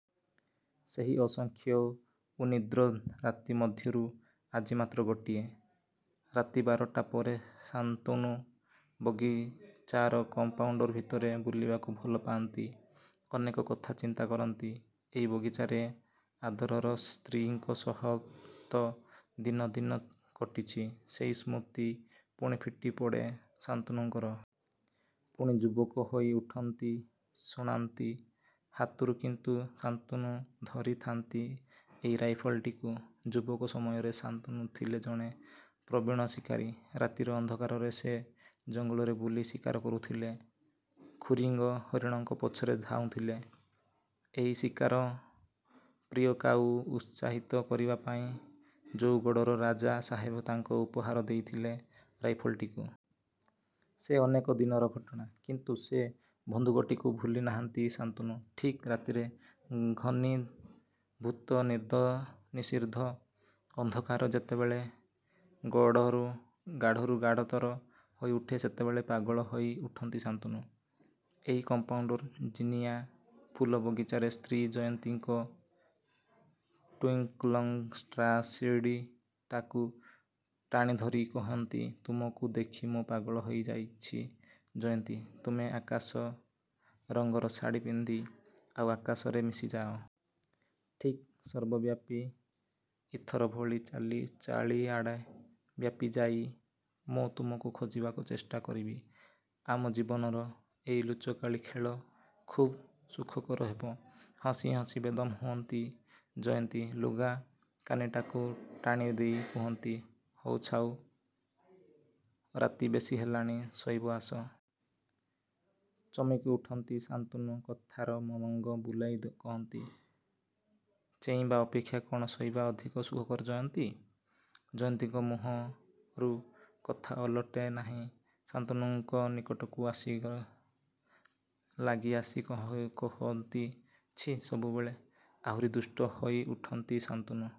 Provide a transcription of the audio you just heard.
ସେହି ଅସଂଖ୍ୟ ଉନିଦ୍ର ରାତି ମଧ୍ୟରୁ ଆଜି ମାତ୍ର ଗୋଟିଏ। ରାତି ବାରଟା ପରେ ଶାନ୍ତନୁ ବଗିଚାର କମ୍ପାଉଣ୍ତ ଭିତରେ ବୁଲିବାକୁ ଭଲ ପାଆନ୍ତି। ଅନେକ କଥା ଚିନ୍ତା କରନ୍ତି। ଏଇ ବଗିଚାରେ ଆଦରର ସ୍ତ୍ରୀଙ୍କ ସହ ତ ଦିନ ଦିନ କଟିଛି। ସେଇ ସ୍ମୃତି ପୁଣି ଫିଟିପଡ଼େ ଶାନ୍ତନୁଙ୍କର। ପୁଣି ଯୁବକ ହୋଇ ଉଠନ୍ତି ଶାନ୍ତନୁ। ହାତରେ କିନ୍ତୁ ଶାନ୍ତନୁ ଧରିଥାନ୍ତି ଏଇ ରାଇଫଲଟିକୁ। ଯୁବକ ସମୟରେ ଶାନ୍ତନୁ ଥିଲେ ଜଣେ ପ୍ରବୀଣ ଶିକାରୀ। ରାତିର ଅନ୍ଧକାରରେ ସେ ଜଙ୍ଗଲରେ ବୁଲି ଶିକାର କରୁଥିଲେ। ଖୁରିଙ୍ଗ ହରିଣଙ୍କ ପଛରେ ଧାଉଁଥିଲେ। ଏଇ ଶିକାର ପ୍ରିୟକାକୁ ଉତ୍ସାହିତ କରିବା ପାଇଁ ଜଉଗଡ଼ର ରାଜା ସାହେବ ତାଙ୍କୁ ଉପହାର ଦେଇଥିଲେ ରାଇଫଲଟିକୁ। ସେ ଅନେକ ଦିନର ଘଟଣା। କିନ୍ତୁ ସେ ବନ୍ଧୁକଟିକୁ ଭୁଲି ନାହାଁନ୍ତି ଶାନ୍ତନୁ। ଠିକ୍ ରାତିର ଘନୀଭୂତ ନିଷିଦ୍ଧ ଅନ୍ଧକାର ଯେବେଳେବେ ଗାଢ଼ରୁ ଗାଢ଼ତର ହୋଇଉଠେ ସେତେବେଳେ ପାଗଳ ହୋଇ ଉଠନ୍ତି ଶାନ୍ତନୁ। ଏଇ କମ୍ପାଉଣ୍ତର ଜିନିଆଁ ଫୁଲ ବଗିଚାରେ ସ୍ତ୍ରୀ ଜୟନ୍ତୀଙ୍କ ଟ୍ୱିଙ୍କଲ୍ଶାଢ଼ିଟାକୁ ଟାଣିଧରି କହନ୍ତି ତୁମକୁ ଦେଖି ମୁଁ ପାଗଳ ହୋଇଯାଇଛି ଜୟନ୍ତୀ ତୁମେ ଆକାଶ ରଙ୍ଗର ଶାଢ଼ି ପିନ୍ଧି ଏ ଆକାଶରେ ମିଶିଯାଅ। ଠିକ୍ ସର୍ବବ୍ୟାପୀ ଇଥର ଭଳି ଚାଳିଆଡ଼େ ବ୍ୟାପୀଯାଇ ମୁଁ ତୁମକୁ ଖୋଜିବାକୁ ଚେଷ୍ଟା କରିବି। ଆମ ଜୀବନର ଏ ଲୁଚକାଳି ଖେଳ ଖୁବ୍ ସୁଖକର ହେବ। ହସି ହସି ବେଦମ୍ ହୁଅନ୍ତି ଜୟନ୍ତୀ ଲୁଗା କାନିଟାକୁ ଟାଣିଦେଇ କହନ୍ତି ହଉ ଛାଉ ରାତି ବେଶୀ ହେଲାଣି ଶୋଇବ ଆସ। ଚମକି ଉଠନ୍ତି ଶାନ୍ତନୁ କଥାର ମଙ୍ଗ ବୁଲାଇ କହନ୍ତି ଚେଇଁବା ଅପେକ୍ଷା କ'ଣ ଶୋଇବା ଅଧିକ ସୁଖକର ଜୟନ୍ତୀ? ଜୟନ୍ତୀଙ୍କ ମୁହଁରୁ କଥା ଓଲଟେ ନାହିଁ। ଶାନ୍ତନୁଙ୍କ ନିକଟକୁ ଲାଗିଆସି କହନ୍ତି ଛି ସବୁ ବେଳେ ଆହୁରି ଦୁଷ୍ଟ ହୋଇ ଉଠନ୍ତି ଶାନ୍ତନୁ।